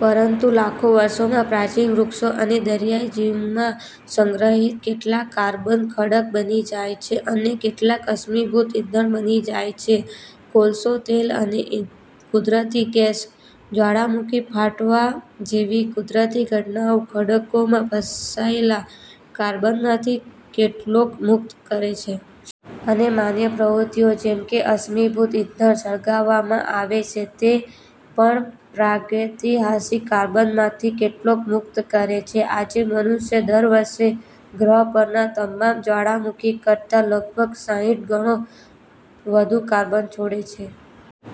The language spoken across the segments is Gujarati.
પરંતુ લાખો વર્ષોમાં, પ્રાચીન વૃક્ષો અને દરિયાઈ જીવનમાં સંગ્રહિત કેટલાક કાર્બન ખડક બની જાય છે અને કેટલાક અશ્મિભૂત ઇંધણ બની જાય છે: કોલસો, તેલ અને કુદરતી ગેસ. જ્વાળામુખી ફાટવા જેવી કુદરતી ઘટનાઓ ખડકોમાં ફસાયેલા કાર્બનમાંથી કેટલોક મુક્ત કરે છે. અને માનવીય પ્રવૃતિઓ, જેમ કે અશ્મિભૂત ઇંધણ સળગાવવામાં આવે છે, તે પણ પ્રાગૈતિહાસિક કાર્બનમાંથી કેટલોક મુક્ત કરે છે. આજે, મનુષ્ય દર વર્ષે ગ્રહ પરના તમામ જ્વાળામુખી કરતાં લગભગ સાહીઠ ગણો વધુ કાર્બન છોડે છે.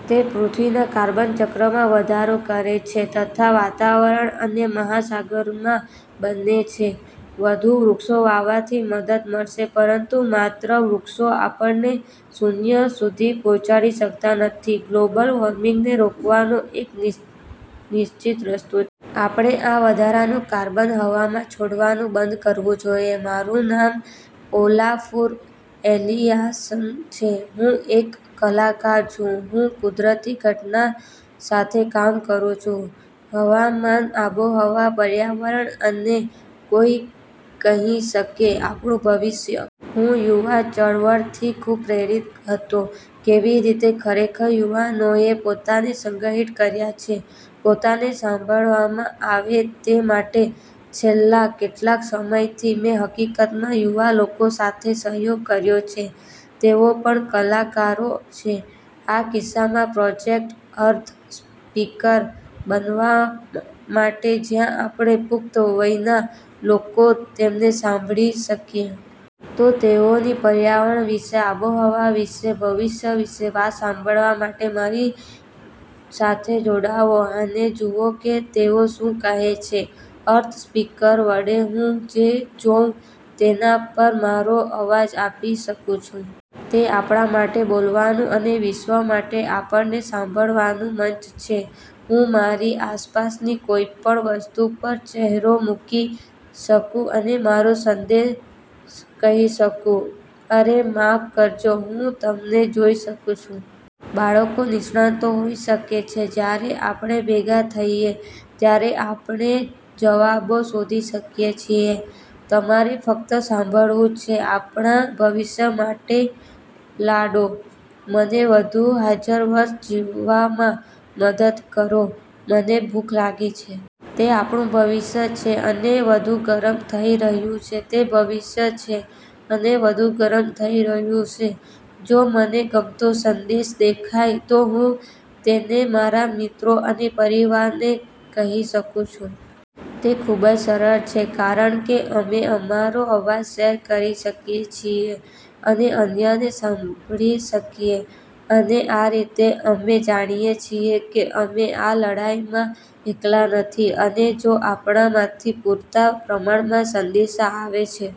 તે પૃથ્વીના કાર્બન ચક્રમાં વધારો કરે છે તથા વાતાવરણ અને મહાસાગરોમાં બને છે. વધુ વૃક્ષો વાવવાથી મદદ મળશે, પરંતુ માત્ર વૃક્ષો આપણને શુન્ય સુધી પહોંચાડી શકતા નથી. ગ્લોબલ વોર્મિંગને રોકવાનો એક જ નિશ્ચિત રસ્તો છે. આપણે આ વધારાનું કાર્બન હવામાં છોડવાનું બંધ કરવું જોઈએ. મારું નામ ઓલાફુર એલિઆસન છે. હું એક કલાકાર છું. હું કુદરતી ઘટના સાથે કામ કરું છું, હવામાન, આબોહવા, પર્યાવરણ અને કોઈ કહી શકે, આપણું ભવિષ્ય? હું યુવા ચળવળથી ખૂબ પ્રેરિત હતો, કેવી રીતે ખરેખર યુવાનોએ પોતાને સંગઠિત કર્યા છે, પોતાને સાંભળવામાં આવે તે માટે. છેલ્લા કેટલાક સમયથી, મેં હકીકતમાં યુવા લોકો સાથે સહયોગ કર્યો છે, તેઓ પણ કલાકારો છે, આ કિસ્સામાં પ્રોજેક્ટ "અર્થ સ્પીકર" બનાવવા માટે જ્યાં આપણે, પુખ્ત વયના લોકો, તેમને સાંભળી શકીએ. તો તેઓની પર્યાવરણ વિશે, આબોહવા વિશે, ભવિષ્ય વિશે વાત સાંભળવામાં મારી સાથે જોડાઓ અને જુઓ કે તેઓ શું કહે છે. "અર્થ સ્પીકર" વડે હું જે જોઉં, તેના પર મારો અવાજ આપી શકું છું. તે આપણા માટે બોલવાનું અને વિશ્વ માટે આપણને સાંભળવાનું મંચ છે. હું મારી આસપાસની કોઈપણ વસ્તુ પર ચહેરો મૂકી શકું અને મારો સંદેશ કહી શકું. અરે માફ કરજો, હું તમને જૉઈ શકું છું. બાળકો નિષ્ણાતો હોઈ શકે છે. જ્યારે આપણે ભેગા થઈએ, ત્યારે આપણે જવાબો શોધી શકીએ છીએ. તમારે ફક્ત સાંભળવાનું છે. આપણા ભવિષ્ય માટે લડો. મને વધુ હજારવર્ષ જીવવામાં મદદ કરો. મને ભૂખ લાગી છે! તે આપણું ભવિષ્ય છે, અને વધુ ગરમ થઈ રહ્યું છે. તે ભવિષ્ય છે, અને વધુ ગરમ થઈ રહ્યું છે. જો મને ગમતો સંદેશ દેખાય, તો હું તેને મારા મિત્રો અને પરિવારને કહી શકું છું. તે ખૂબ જ સરસ છે કારણ કે, અમે અમારો અવાજ શેર કરી શકીએ છીએ, અમે અન્યને સાંભળી શકીએ, અને આ રીતે અમે જાણીએ છીએ કે અમે આ લડાઈમાં એકલા નથી. અને જો આપણામાંથી પૂરતા પ્રમાણમાં સંદેશા આવે છે.